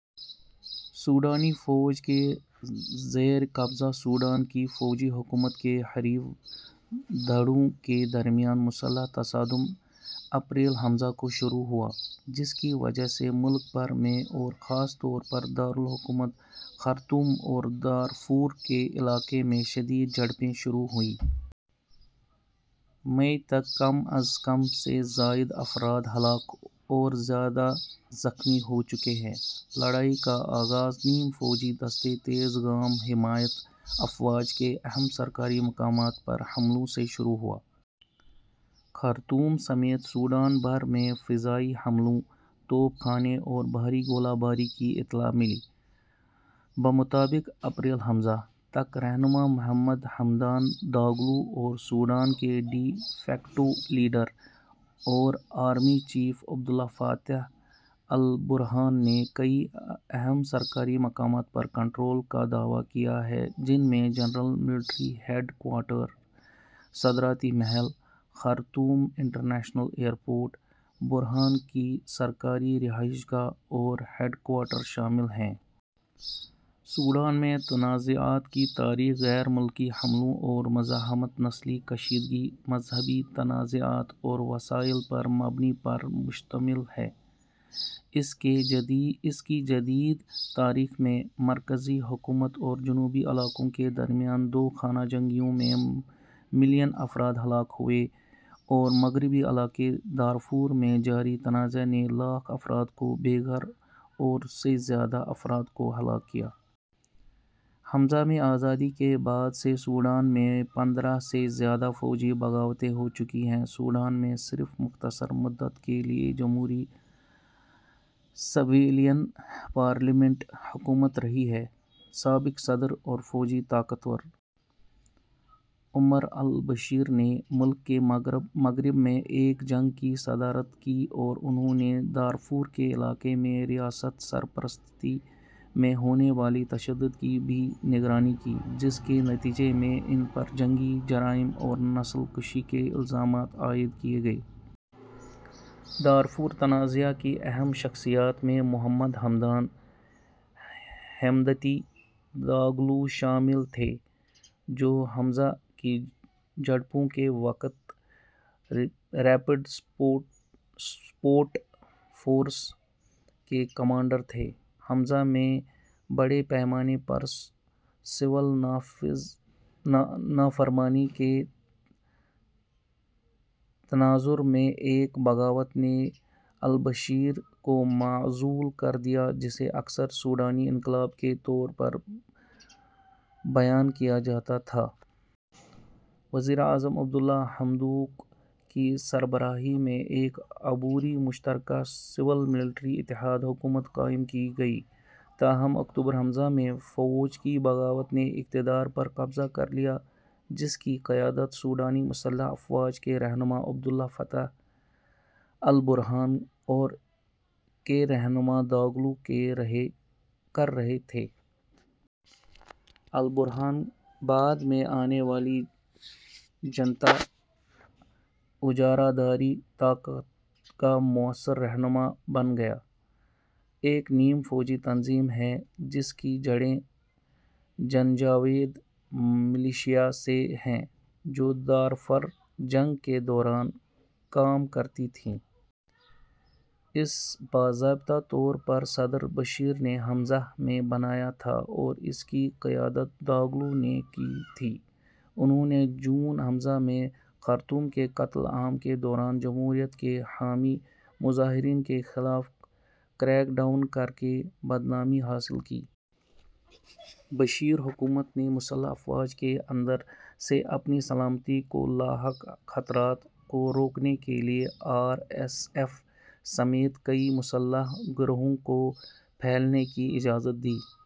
سوڈانی فوج کے زیر قبضہ سوڈان کی فوجی حکومت کے حریف دھڑوں کے درمیان مسلح تصادم اپریل ء کو شروع ہوا، جس کی وجہ سے ملک بھر میں اورخاص طور پر دار الحکومت خرطوم اور دارفور کے علاقے میں شدید جھڑپیں شروع ہوئیں۔ مئی تک کم از کم سے زائد افراد ہلاک اور ٫ سے زیادہ زخمی ہو چکے ہیں۔ لڑائی کا آغاز نیم فوجی دستے تیزگام حمیات افواج کے اہم سرکاری مقامات پر حملوں سے شروع ہوا۔ خرطوم سمیت سوڈان بھر میں فضائی حملوں، توپ خانے اور بھاری گولہ باری کی اطلاع ملی۔ بمطابق اپریل ء ، تک رہنما محمد حمدان دگالو اور سوڈان کے ڈی فیکٹو لیڈر اور آرمی چیف عبدالفتاح البرہان نے کئی اہم سرکاری مقامات پر کنٹرول کا دعویٰ کیا ہے جن میں جنرل ملٹری ہیڈ کوارٹر، صدارتی محل، خرطوم انٹرنیشنل ایئرپورٹ، برہان کی سرکاری رہائش گاہ اور ہیڈکوارٹر شامل ہیں۔ سوڈان میں تنازعات کی تاریخ غیر ملکی حملوں اور مزاحمت، نسلی کشیدگی، مذہبی تنازعات اور وسائل پر مبنی پر مشتمل ہے۔ اس کی جدید تاریخ میں، مرکزی حکومت اور جنوبی علاقوں کے درمیان دو خانہ جنگیوں میں ملین افراد ہلاک ہوئے اور مغربی علاقے دارفور میں جاری تنازعے نے لاکھ افراد کو بے گھر اور سے زیادہ افراد کو ہلاک کیا۔ ءمیں آزادی کے بعد سے سوڈان میں پندرہ سے زیادہ فوجی بغاوتیں ہو چکی ہیں سوڈان میں صرف مختصر مدت کے لیے جمہوری سویلین پارلیمانی حکومت رہی ہے۔ سابق صدر اور فوجی طاقتور عمر البشیر نے ملک کے مغرب میں ایک جنگ کی صدارت کی اور انھوں نے دارفور کے علاقے میں ریاستی سرپرستی میں ہونے والے تشدد کی بھی نگرانی کی، جس کے نتیجے میں ان پر جنگی جرائم اور نسل کشی کے الزامات عائد کیے گئے۔ دارفور تنازع کی اہم شخصیات میں محمد ہمدان "ہیمدتی" دگالو شامل تھے، جو ء کی جھڑپوں کے وقت ریپڈ سپورٹ فورسز کے کمانڈر تھے۔ ء میں، بڑے پیمانے پر سول نافرمانی کے تناظر میں ایک بغاوت نے البشیر کو معزول کر دیا جسے اکثر سوڈانی انقلاب کے طور پر بیان کیا جاتا تھا۔ وزیر اعظم عبد اللہ حمدوک کی سربراہی میں ایک عبوری مشترکہ سول ملٹری اتحاد حکومت قائم کی گئی۔ تاہم اکتوبر ء میں، فوج کی بغاوت نے اقتدار پر قبضہ کر لیا جس کی قیادت سوڈانی مسلح افواج کے رہنما عبدالفتاح البرہان اور کے رہنما دگالو کر رہے تھے۔ البرہان بعد میں آنے والی جنتا، اجارہ داری طاقت کا موثر رہنما بن گیا۔ ایک نیم فوجی تنظیم ہے جس کی جڑیں جنجاوید ملیشیا سے ہیں جو دارفر جنگ کے دوران کام کرتی تھیں۔ اسے باضابطہ طور پر صدر بشیر نے ء میں بنایا تھا اور اس کی قیادت دگالو نے کی تھی۔ انھوں نے جون ء میں خرطوم کے قتل عام کے دوران جمہوریت کے حامی مظاہرین کے خلاف کریک ڈاؤن کر کے بدنامی حاصل کی۔ بشیر حکومت نے مسلح افواج کے اندر سے اپنی سلامتی کو لاحق خطرات کو روکنے کے لیے آر ایس ایف سمیت کئی مسلح گروہوں کو پھیلنے کی اجازت دی۔